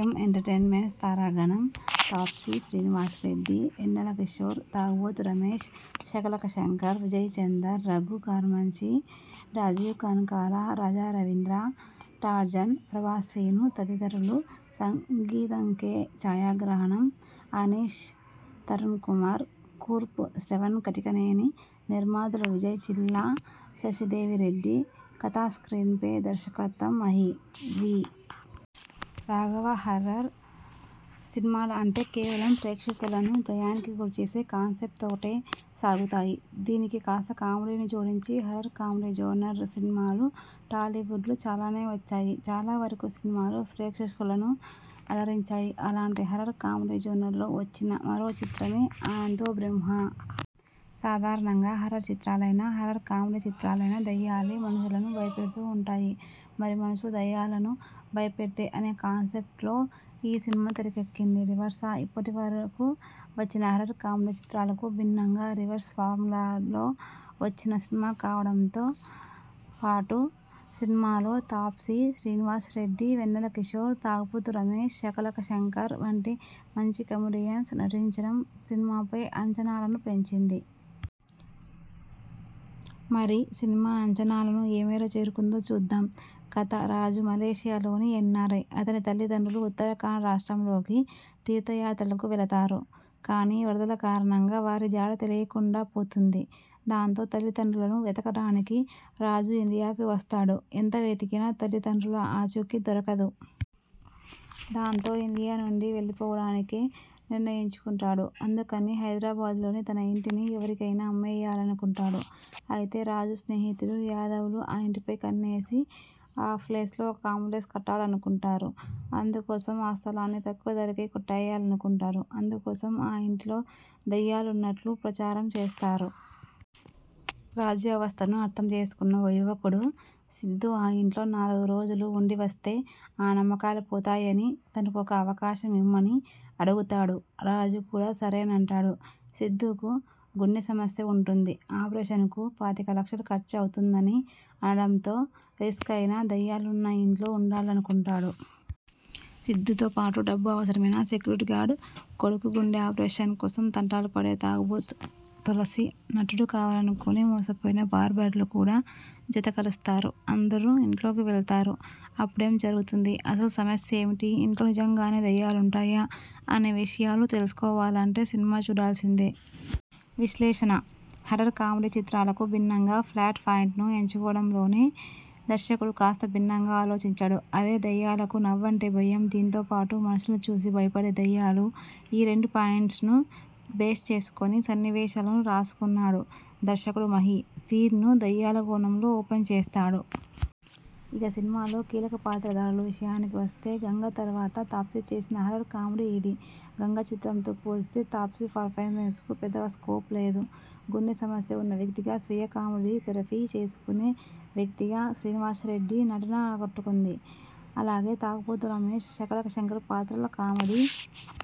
ఎం. Entertainments తారాగణం- Taapsee, Srinivasa Reddy, Vennela Kishore, Tagubothu Ramesh, Shakalaka Shankar, Vijay Chander, Raghu Karumanchi, Rajeev Kanakala, Raja Ravindra, Tarzan, Prabhas Srinu తదితరులు సంగీతం- కె ఛాయాగ్రహణం- అనిష్ తరుణ్ కుమార్ కుర్పు- శ్రవణ్ కటికనేని నిర్మాతలు విజయ్ చిల్లా, శశి దేవిరెడ్డి కథ, స్క్రీన్ప్లే, దర్శకత్వం- మహి వి. రాఘవ్హారర్ సినిమాలు అంటే కేవలం ప్రేక్షకులను భయానికి గురి చేసే కాన్సెప్ట్ తోటే సాగుతాయి. దీనికి కాస్తా కామెడీని జోడించి హారర్ కామెడీ జోనర్ సినిమాలు టాలీవుడ్లో చాలానే వచ్చాయి. చాలా వరకు సినిమాలు ప్రేక్షకులను అలరించాయి. అలాంటి హారర్ కామెడీ జోనర్లో వచ్చిన మరో చిత్రమే ఆనందో బ్రహ్మ. సాధారణంగా హారర్ చిత్రాలైనా, హారర్ కామెడి చిత్రాలైన దెయ్యాలే మనుషులను భయపెడుతూ ఉంటాయి. మరి మనుషు దెయ్యాలను భయపెడితే అనే కాన్సెప్ట్ లో ఈ సినిమా తెరకెక్కింది. రివర్స ఇప్పటి వరకు వచ్చిన హారర్ కామెడి చిత్రాలకు భిన్నంగా రివర్స్ ఫార్ములాలో వచ్చిన సినిమా కావడంతో పాటు, సినిమాలో తాప్సీ, శ్రీనివాస్ రెడ్డి, వెన్నెలకిషోర్, తాగుబోతు రమేష్, షకలక శంకర్ వంటి మంచి కమెడియన్స్ నటించడం సినిమాపై అంచనాలను పెంచింది. మరి సినిమా అంచనాలను ఏ మేర చేరుకుందో చూద్దాం. కథ- రాజు మలేషియాలోని ఎన్నారై. అతని తల్లిదండ్రులు ఉత్తరాఖండ్ రాష్ట్రంలోకి తీర్థయాత్రలకు వెళతారు. కానీ వరదల కారణంగా వారి జాడ తెలియకుండా పోతుంది. దాంతో తల్లిదండ్రులను వెతకడానికి రాజు ఇండియా వస్తాడు. ఎంత వెతికినా, తల్లిదండ్రుల ఆచూకీ దొరకదు. దాంతో ఇండియా నుండి వెళ్లిపోవడానికే నిర్ణయించుకుంటాడు. అందుకని హైదరాబాద్లోని తన ఇంటిని ఎవరికైనా అమ్మేయాలనుకుంటాడు. అయితే రాజు స్నేహితుడు, యాదవ్లు ఆ ఇంటిపై కన్నేసి, ఆ ప్లేస్లో ఓ కాంప్లెక్స్ కట్టాలనుకుంటారు. అందుకోసం ఆ స్థలాన్ని తక్కువ ధరకే కొట్టేయాలనుకుంటారు. అందుకోసం ఆ ఇంటిలో దెయ్యాలున్నట్లు ప్రచారం చేస్తారు. రాజు అవస్థను అర్థం చేసుకున్న ఓ యువకుడు సిద్ధు ఆ ఇంట్లో నాలుగు రోజులు ఉండి వస్తే, ఆ నమ్మకాలు పోతాయని, తనకొక అవకాశం ఇమ్మని అడుగుతాడు. రాజు కూడా సరేనంటాడు. సిద్ధుకు గుండె సమస్య ఉంటుంది. ఆపరేషన్ కు పాతిక లక్షలు ఖర్చు అవుతుందని అనడంతో రిస్క్ అయినా దెయ్యాలున్న ఇంట్లో ఉండాలనుకుంటాడు. సిద్ధుతో పాటు డబ్బు అవసరమైన సెక్యూరిటీ గార్డు, కొడుకు గుండె ఆపరేషన్ కోసం తంటాలు పడే తాగుబోతు తులసి, నటుడు కావాలనుకుని మోసపోయిన బార్బర్లు కూడా జత కలుస్తారు. అందరూ ఇంట్లోకి వెళతారు? అప్పుడేం జరుగుతుంది? అసలు సమస్యేంటి? ఇంట్లో నిజంగానే దెయ్యాలుంటాయా? అనే విషయాలు తెలుసుకోవాలంటే సినిమా చూడాల్సిందే. విశ్లేషణ- హారర్ కామెడి చిత్రాలకు భిన్నంగా ప్లాట్ పాయింట్ను ఎంచుకోవడంలోనే దర్శకుడు కాస్తా భిన్నంగా ఆలోచించాడు. అదే దెయ్యాలకు నవ్వంటే భయం. దీంతో పాటు మనుషుల్ని చూసి భయపడే దెయ్యాలు. ఈ రెండు పాయింట్స్ను బేస్ చేసుకుని సన్నివేశాలను రాసుకున్నాడు దర్శకుడు మహి. సీన్ను దెయ్యాల కోణంలో ఓపెన్ చేస్తాడు. ఇక సినిమాలో కీలక పాత్రధారులు విషయానికి వస్తే, గంగ తర్వాత తాప్సీ చేసిన హారర్ కామెడీ ఇది. గంగ చిత్రంతో పోల్చితే తాప్సీ పెర్ఫామెన్స్కు పెద్దగా స్కోప్ లేదు. గుండె సమస్య ఉన్న వ్యక్తిగా స్వీయ కామెడీ థెరఫీ చేసుకునే వ్యక్తిగా శ్రీనివాసరెడ్డి నటన ఆకట్టుకుంది. అలాగే తాగుబోతు రమేష్ షకలక శంకర్ పాత్రల కామెడి